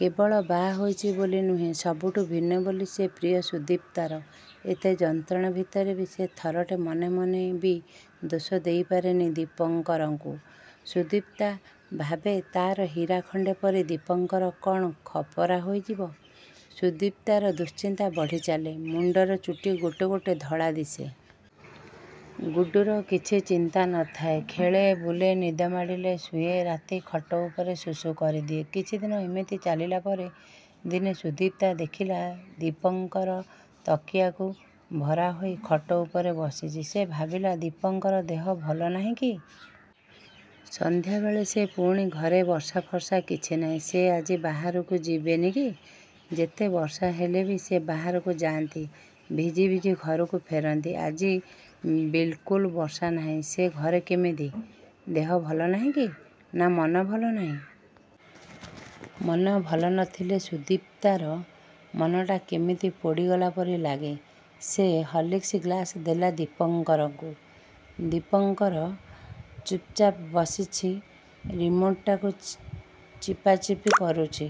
କେବଳ ବାହା ହୋଇଛି ବୋଲି ନୁହେଁ। ସବୁଠୁ ଭିନ୍ନ ବୋଲି ସେ ପ୍ରିୟ ସୁଦିପ୍ତାର। ଏତେ ଯନ୍ତ୍ରଣା ଭିତରେ ବି ସେ ଥରଟେ ମନେ ମନେ ବି ଦୋଷ ଦେଇପାରେନି ଦୀପଙ୍କରଙ୍କୁ। ସୁଦିପ୍ତା ଭାବେ ତା'ର ହୀରାଖଣ୍ଡେ ପରି ଦିପଙ୍କର କ'ଣ ଖପରା ହୋଇଯିବ। ସୁଦିପ୍ତାର ଦୁଶ୍ଚିନ୍ତା ବଢ଼ିଚାଲେ, ମୁଣ୍ଡର ଚୁଟି ଗୋଟେ ଗୋଟେ ଧଳା ଦିଶେ। ଗୁଡୁର କିଛି ଚିନ୍ତା ନ ଥାଏ ଖେଳେ ବୁଲେ, ନିଦ ମାଡ଼ିଲେ ଶୁଏ। ରାତି ଖଟ ଉପରେ ସୁସୁ କରିଦିଏ। କିଛିଦିନ ଏମିତି ଚାଲିଲା ପରେ ଦିନେ ସୁଦିପ୍ତା ଦେଖିଲା ଦୀପଙ୍କର ତକିଆକୁ ଭରାହୋଇ ଖଟ ଉପରେ ବସିଛି। ସେ ଭାବିଲା ଦୀପଙ୍କର ଦେହ ଭଲ ନାହିଁକି? ସଂଧ୍ୟାବେଳେ ସେ ପୁଣି ଘରେ ବର୍ଷାଫର୍ସା କିଛି ନାହିଁ। ସେ ଆଜି ବାହାରକୁ ଯିବେନି କି? ଯେତେ ବର୍ଷାହେଲେ ବି ସେ ବାହରକୁ ଯା'ନ୍ତି। ଭିଜି ଭିଜି ଘରକୁ ଫେରନ୍ତି। ଆଜି ବିଲକୁଲ୍ ବର୍ଷା ନାହିଁ ସେ ଘରେ କେମିତି? ଦେହ ଭଲ ନାହିଁକି? ନା ମନ ଭଲ ନାହିଁ? ମନ ଭଲ ନଥିଲେ ସୁଦିପ୍ତାର ମନଟା କେମିତି ପୋଡ଼ିଗଲା ପରି ଲାଗେ। ସେ ହଲିକ୍ସ ଗ୍ଲାସ୍ ଦେଲା ଦୀପଙ୍କରଙ୍କୁ। ଦୀପଙ୍କର ଚୁପ୍ଚାପ୍ ବସିଛି ରିମୋଟ୍ଟାକୁ ଚିପାଚିପି କରୁଛି।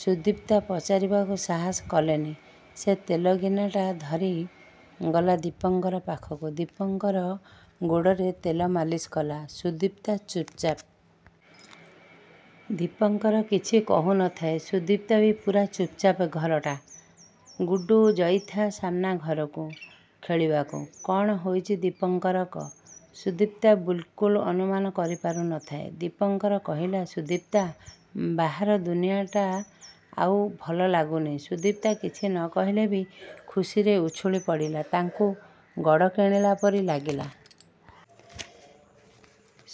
ସୁଦିପ୍ତା ପଚାରିବାକୁ ସାହସ କଲାନି। ସେ ତେଲ ଗିନାଟା ଧରି ଗଲା ଦୀପଙ୍କର ପାଖକୁ। ଦୀପକର ଗୋଡ଼ରେ ତେଲମାଲିସ କଲା ସୁଦିପ୍ତା ଚୁପଚାପ୍। ଦୀପଙ୍କର କିଛି କହୁନଥାଏ ସୁଦିପ୍ତା ବି ପୁରା ଚୁପଚାପ୍ ଘରଟା । ଗୁଡୁ ଯାଇଥା ସାମ୍ନା ଘରକୁ ଖେଳିବାକୁ। କ'ଣ ହୋଇଛି ଦୀପଙ୍କରଙ୍କ ସୁଦିପ୍ତା ବିଲକୁଲ୍ ଅନୁମାନ କରିପାରୁନଥାଏ। ଦୀପଙ୍କର କହଲା, ସୁଦିପ୍ତା ବାହାର ଦୁନିଆଟା ଆଉ ଭଲ ଲାଗୁନି। ସୁଦିପ୍ତା କିଛି ନ କହିଲେ ବି ଖୁସିରେ ଉଛୁଳି ପଡ଼ିଲା, ତାଙ୍କୁ ଗଡ଼ କିଣିଲା ପରି ଲାଗିଲା।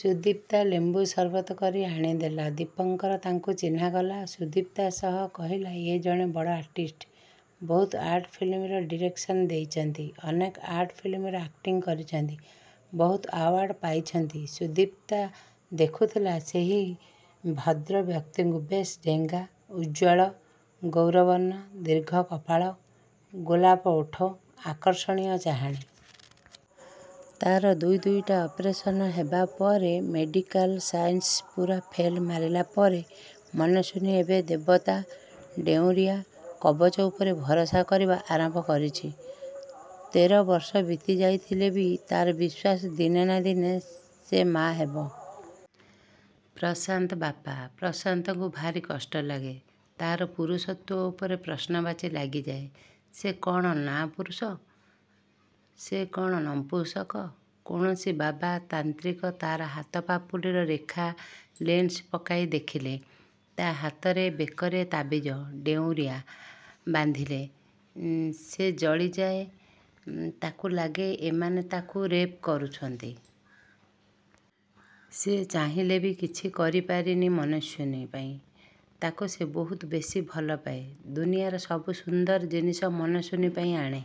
ସୁଦିପ୍ତା ଲେମ୍ବୁ ସରବତ କରି ଆଣିଦେଲା। ଦୀପଙ୍କର ତାଙ୍କୁ ଚିହ୍ନା କଲା ସୁଦିପ୍ତା ସହ। କହିଲା, ଏ ଜଣେ ବଡ଼ ଆର୍ଟିଷ୍ଟ। ବହୁତ ଆର୍ଟ ଫିଲ୍ମର ଡିରେକ୍ସନ ଦେଇଛନ୍ତି। ଅନେକ ଆର୍ଟ ଫିଲ୍ମରେ ଆକ୍ଟିଂ କରିଛନ୍ତି। ବହୁତ ଆୱାଡ୍ ପାଇଛନ୍ତି। ସୁଦିପ୍ତା ଦେଖୁଥିଲା ସେହି ଭଦ୍ରବ୍ୟକ୍ତିଙ୍କୁ ବେଶ୍ ଡେଙ୍ଗା, ଉଜ୍ଜ୍ୱଳ ଗୌରବର୍ଣ୍ଣ ଦୀର୍ଘ କପାଳ, ଗୋଲାପ ଓଠ, ଆର୍ଷଣୀୟ ଚାହାଣୀ। ତା'ର ଦୁଇ ଦୁଇଟା ଅପରେସନ୍ ହେବା ପରେ, ମେଡ଼ିକାଲ ସାଇନ୍ସ ପୁରା ଫେଲ ମାରିଲାପରେ ମନସ୍ୱିନୀ ଏବେ ଦେବତା, ଡେଉଁରିଆ କବଚ ଉପରେ ଭରସା କରିବା ଆରମ୍ଭ କରିଚି। ତେର ବର୍ଷ ବିତି ଯାଇଥିଲେ ବି ତା'ର ବିଶ୍ୱାସ ଦିନେ ନା ଦିନେ ସେ ମା' ହେବ। ପ୍ରଶାନ୍ତ ବାପା। ପ୍ରଶାନ୍ତକୁ ଭାରି କଷ୍ଟ ଲାଗେ। ତା'ର ପୁରୁଷତ୍ୱ ଉପରେ ପ୍ରଶ୍ନବାଚୀ ଳାଗିଯାଏ। ସେ କ'ଣ ନାପୁରଷ, ସେ କ'ଣ ନଂପୁସକ। କୌଣସି ବାବା ତାନ୍ତ୍ରିକ ତା'ର ହାତ ପାପୁଲିର ରେଖା ଲେନ୍ସ ପକାଇ ଦେଖିଲେ, ତା' ହାତରେ, ବେକରେ ତାବିଜ, ଡେଉଁରିଆ ବାନ୍ଧିଲେ ସେ ଜଳିଯାଏ, ତାକୁ ଲାଗେ ଏମାନେ ତାକୁ ରେପ୍ କରୁଛନ୍ତି। ସେ ଚାହିଁଲେ ବି କିଛି କରିପାରିନି ମନସ୍ୱିନୀ ପାଇଁ। ତାକୁ ସେ ବହୁତ ବେଶୀ ଭଲପାଏ। ଦୁନିଆର ସବୁ ସୁନ୍ଦର ଜିନିଷ ମନସ୍ୱିନୀ ପାଇଁ ଆଣେ।